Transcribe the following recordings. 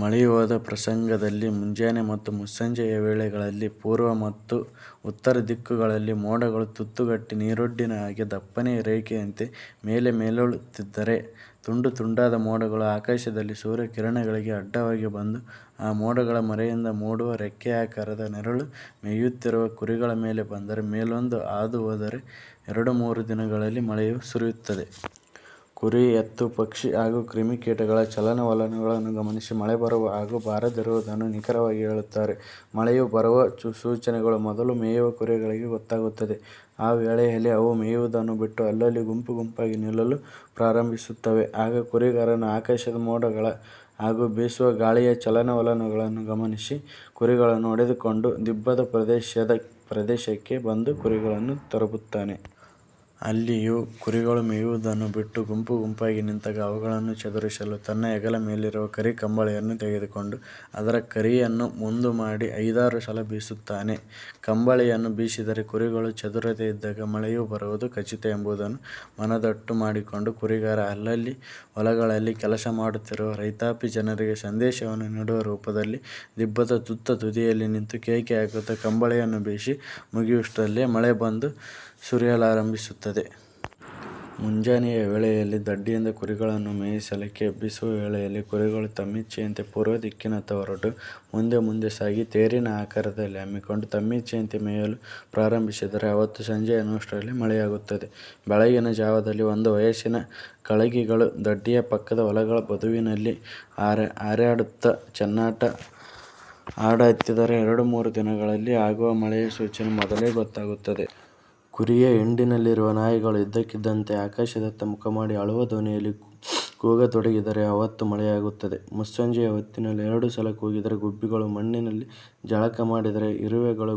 ಮಳೆಯು ಹೋದ ಪ್ರಸಂಗದಲ್ಲಿ ಮುಂಜಾನೆ ಮತ್ತು ಮುಸ್ಸಂಜೆಯ ವೇಳೆಗಳಲ್ಲಿ ಪೂರ್ವ ಮತ್ತು ಉತ್ತರ ದಿಕ್ಕುಗಳಲ್ಲಿ ಮೋಡಗಳು ತತ್ತುಗಟ್ಟಿ ನೀರೊಡ್ಡಿನ ಹಾಗೆ; ದಪ್ಪನೆಯ ರೇಖೆಯಂತೆ ಮೇಲೆ ಮೇಲೇಳುತ್ತಿದ್ದರೆ, ತುಂಡುತುಂಡಾದ ಮೋಡಗಳು ಆಕಾಶದಲ್ಲಿ ಸೂರ್ಯ ಕಿರಣಗಳಿಗೆ ಅಡ್ಡವಾಗಿ ಬಂದು; ಆ ಮೋಡಗಳ ಮರೆಯಿಂದ ಮೂಡುವ ರೆಕ್ಕೆಯಾಕಾರದ ನೆರಳು ಮೇಯ್ಯುತ್ತಿರುವ ಕುರಿಗಳ ಮೇಲೆ ಬಂದರೆ ಮೇಲೊಂದು ಹಾದು ಹೋದರೆ ಎರಡು ಮೂರು ದಿನಗಳಲ್ಲಿ ಮಳೆಯು ಸುರಿಯುತ್ತದೆ. ಕುರಿ, ಎತ್ತು, ಪಕ್ಷಿ ಹಾಗೂ ಕ್ರಿಮಿಕೀಟಗಳ ಚಲನವಲನಗಳನ್ನು ಗಮನಿಸಿ ಮಳೆಬರುವ ಹಾಗೂ ಬಾರದಿರುವುದನ್ನು ನಿಖರವಾಗಿ ಹೇಳುತ್ತಾರೆ, ಮಳೆಯು ಬರುವ ಸೂಚನೆಗಳು ಮೊದಲು ಮೇಯುವ ಕುರಿಗಳಿಗೆ ಗೊತ್ತಾಗುತ್ತದೆ. ಆ ವೇಳೆಯಲ್ಲಿ ಅವು ಮೇಯುವುದನ್ನು ಬಿಟ್ಟು ಅಲ್ಲಲ್ಲಿ ಗುಂಪು ಗುಂಪಾಗಿ ನಿಲ್ಲಲು ಪ್ರಾರಂಭಿಸುತ್ತವೆ. ಆಗ ಕುರಿಗಾರನು ಆಕಾಶದ ಮೋಡಗಳ ಹಾಗೂ ಬೀಸುವ ಗಾಳಿಯ ಚಲನವಲನವನ್ನು ಗಮನಿಸಿ, ಕುರಿಗಳನ್ನು ಹೊಡೆದುಕೊಂಡು ದಿಬ್ಬದ ಪ್ರದೇಶಕ್ಕೆ ಬಂದು ಕುರಿಗಳನ್ನು ತರಬುತ್ತಾನೆ. ಅಲ್ಲಿಯೂ ಕುರಿಗಳು ಮೇಯ್ಯುವುದನ್ನು ಬಿಟ್ಟು ಗುಂಪು ಗುಂಪಾಗಿ ನಿಂತಾಗ ಅವುಗಳನ್ನು ಚದುರಿಸಲು ತನ್ನ ಹೆಗಲ ಮೇಲಿರುವ ಕರಿ ಕಂಬಳಿಯನ್ನು ತೆಗೆದುಕೊಂಡು ಅದರ ಕರಿಯನ್ನು ಮುಂದು ಮಾಡಿ ಐದಾರು ಸಲ ಬೀಸುತ್ತಾನೆ. ಕಂಬಳಿಯನ್ನು ಬೀಸಿದರೆ ಕುರಿಗಳು ಚದುರದೇ ಇದ್ದಾಗ ಮಳೆಯು ಬರುವುದು ಖಚಿತ ಎಂಬುದನ್ನು ಮನದಟ್ಟು ಮಾಡಿಕೊಂಡು ಕುರಿಗಾರ ಅಲ್ಲಲ್ಲಿ ಹೊಲಗಳಲ್ಲಿ ಕೆಲಸ ಮಾಡುತ್ತಿರುವ ರೈತಾಪಿ ಜನರಿಗೆ ಸಂದೇಶವನ್ನು ನೀಡುವ ರೂಪದಲ್ಲಿ; ದಿಬ್ಬದ ತುತ್ತತುದಿಯಲ್ಲಿ ನಿಂತು ಕೇಕೆ ಹಾಕುತ್ತ ಕಂಬಳಿಯನ್ನು ಬೀಸಿ ಮುಗಿಸುವಷ್ಟರಲ್ಲಿಯೇ ಮಳೆ ಬಂದು ಸುರಿಯಲಾರಂಭಿಸುತ್ತದೆ. ಮುಂಜಾನೆಯ ವೇಳೆಯಲ್ಲಿ ದಡ್ಡಿಯಿಂದ ಕುರಿಗಳನ್ನು ಮೇಯಿಸಲಿಕ್ಕೆ ಎಬ್ಬಿಸುವ ವೇಳೆಯಲ್ಲಿ ಕುರಿಗಳು ತಮ್ಮಿಚ್ಛೆಯಂತೆ ಪೂರ್ವದಿಕ್ಕಿನತ್ತ ಹೊರಟು ಮುಂದೆ ಮುಂದೆ ಸಾಗಿ ತೇರಿನ ಆಕಾರದಲ್ಲಿ ಹಮ್ಮಿಕೊಂಡು ತಮ್ಮಿಚ್ಛೆಯಂತೆ ಮೇಯಲು ಪ್ರಾರಂಭಿಸಿದರೆ ಆವತ್ತು ಸಂಜೆ ಎನ್ನುವಷ್ಟರಲ್ಲಿಯೇ ಮಳೆಯಾಗುತ್ತದೆ. ಬೆಳಗಿನ ಜಾವದಲ್ಲಿ ಒಂದು ವಯಸ್ಸಿನ ಕಳಗಿಗಳು ದಡ್ಡಿಯ ಪಕ್ಕದ ಹೊಲಗಳ ಬದುವಿನಲ್ಲಿ ಹರ್ಯಾಡುತ್ತ ಚಿನ್ನಾಟ ಆಡಹತ್ತಿದರೆ ಎರಡು ಮೂರು ದಿನಗಳಲ್ಲಿ ಆಗುವ ಮಳೆಯ ಸೂಚನೆ ಮೊದಲೆ ಗೊತ್ತಾಗುತ್ತದೆ. ಕುರಿಯ ಹಿಂಡಿನಲ್ಲಿರುವ ನಾಯಿಗಳು ಇದ್ದಕ್ಕಿದ್ದಂತೆ ಆಕಾಶದತ್ತ ಮುಖಮಾಡಿ ಅಳುವ ಧ್ವನಿಯಲ್ಲಿ ಕೂಗ ತೊಡಗಿದರೆ ಆವತ್ತು ಮಳೆಯಾಗುತ್ತದೆ. ಮುಸ್ಸಂಜೆಯ ಹೊತ್ತಿಯಲ್ಲಿ ಎರಡು ಸಲ ಕೂಗಿದರೆ ಗುಬ್ಬಿಗಳು ಮಣ್ಣಿನಲ್ಲಿ ಜಳಕ ಮಾಡಿದರೆ, ಇರುವೆಗಳು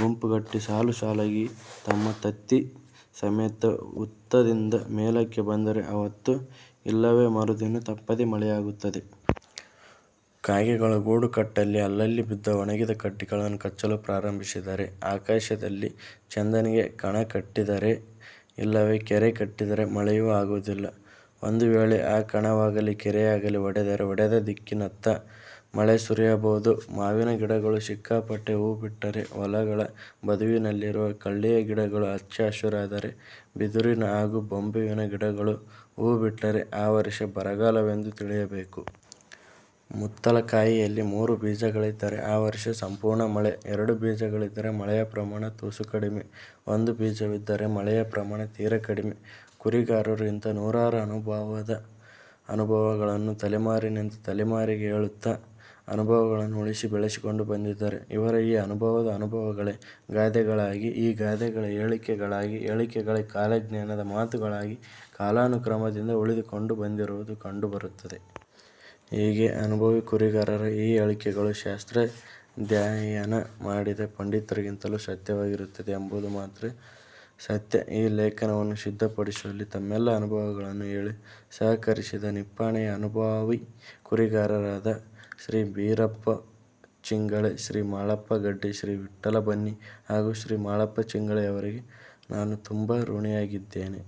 ಗುಂಪುಗಟ್ಟಿ ಸಾಲು ಸಾಲಾಗಿ ತಮ್ಮ ತತ್ತಿ ಸಮೇತ ಹುತ್ತದಿಂದ ಮೇಲಕ್ಕೆ ಬಂದರೆ ಆವತ್ತು ಇಲ್ಲವೆ ಮರುದಿನ ತಪ್ಪದೆ ಮಳೆಯಾಗುತ್ತದೆ. ಕಾಗೆಗಳು ಗೂಡು ಕಟ್ಟಲಿ ಅಲ್ಲಲ್ಲಿ ಬಿದ್ದ ಒಣಗಿದ ಕಡ್ಡಿಗಳನ್ನು ಕಚ್ಚಲು ಪ್ರಾರಂಭಿಸಿದರೆ; ಆಕಾಶದಲ್ಲಿ ಚಂದನಿಗೆ ಕಣ ಕಟ್ಟಿದರೆ ಇಲ್ಲವೆ ಕೆರೆ ಕಟ್ಟಿದರೆ ಮಳೆಯು ಆಗುವುದಿಲ್ಲ. ಒಂದು ವೇಳೆ ಆ ಕಣವಾಗಲಿ, ಕೆರೆಯಾಗಲಿ ಒಡೆದರೆ ಒಡೆದ ದಿಕ್ಕಿನತ್ತ ಮಳೆ ಸುರಿಯಬಹುದು. ಮಾವಿನ ಗಿಡಗಳು ಸಿಕ್ಕಾಪಟ್ಟೆ ಹೂವು ಬಿಟ್ಟರೆ; ಹೊಲಗಳ ಬದುವಿನಲ್ಲಿರುವ ಕಳ್ಳಿಯ ಗಿಡಗಳು ಹಚ್ಚ ಹಸುರಾದರೆ; ಬಿದುರಿನ ಹಾಗೂ ಬಂಬುವಿನ ಗಿಡಗಳು ಹೂವು ಬಿಟ್ಟರೆ ಆ ವರ್ಷ ಬರಗಾಲವೆಂದು ತಿಳಿಯಬೇಕು. ಮುತ್ತಲ ಕಾಯಿಯಲ್ಲಿ ಮೂರು ಬೀಜಗಳಿದ್ದರೆ ಆ ವರ್ಷ ಸಂಪೂರ್ಣ ಮಳೆ; ಎರಡು ಬೀಜಗಳಿದ್ದರೆ ಮಳೆಯ ಪ್ರಮಾಣ ತುಸು ಕಡಿಮೆ; ಒಂದು ಬೀಜವಿದ್ದರೆ ಮಳೆಯ ಪ್ರಮಾಣ ತೀರ ಕಡಿಮೆ. ಕುರಿಗಾರರು ಇಂಥ ನೂರಾರು ಅನುಭಾವದ ಅನುಭವಗಳನ್ನು ತಲೆಮಾರಿನಿಂದ ತಲೆಮಾರಿಗೆ ಹೇಳುತ್ತ ಅವುಗಳನ್ನು ಉಳಿಸಿ ಬೆಳೆಸಿಕೊಂಡು ಬಂದಿದ್ದಾರೆ. ಇವರ ಈ ಅನುಭವದ ಅನುಭವಗಳೇ ಗಾದೆಗಳಾಗಿ, ಈ ಗಾದೆಗಳೆ ಹೇಳಿಕೆಗಳಾಗಿ, ಹೇಳಿಕೆಗಳೇ ಕಾಲಜ್ಞಾನದ ಮಾತುಗಳಾಗಿ ಕಾಲಾನುಕ್ರಮದಿಂದ ಉಳಿದುಕೊಂಡು ಬಂದಿರುವುದು ಕಂಡು ಬರುತ್ತದೆ. ಹೀಗೆ ಅನುಭವಿ ಕುರಿಗಾರರ ಈ ಹೇಳಿಕೆಗಳು ಶಾಸ್ತ್ರಾಧ್ಯಯನ ಮಾಡಿದ ಪಂಡಿತರಿಗಿಂತಲೂ ಸತ್ಯವಾಗಿರುತ್ತದೆ ಎಂಬುದು ಮಾತ್ರ ಸತ್ಯ.ಈ ಲೇಖನವನ್ನು ಸಿದ್ಧಪಡಿಸುವಲ್ಲಿ ತಮ್ಮೆಲ್ಲ ಅನುಭವಗಳನ್ನು ಹೇಳಿ ಸಹಕರಿಸಿದ ನಿಪ್ಪಾಣಿಯ ಅನುಭಾವಿ ಕುರಿಗಾರರಾದ ಶ್ರೀ ಬೀರಪ್ಪ ಚಿಂಗಳೆ, ಶ್ರೀ ಮಾಳಪ್ಪ ಗಡ್ಡಿ, ಶ್ರೀ ವಿಠ್ಠಲ ಬನ್ನಿ ಹಾಗೂ ಶ್ರೀ ಮಾಳಪ್ಪ ಚಿಂಗಳೆಯವರಿಗೆ ನಾನು ತುಂಬಾ ಋಣಿಯಾಗಿದ್ದೇನೆ.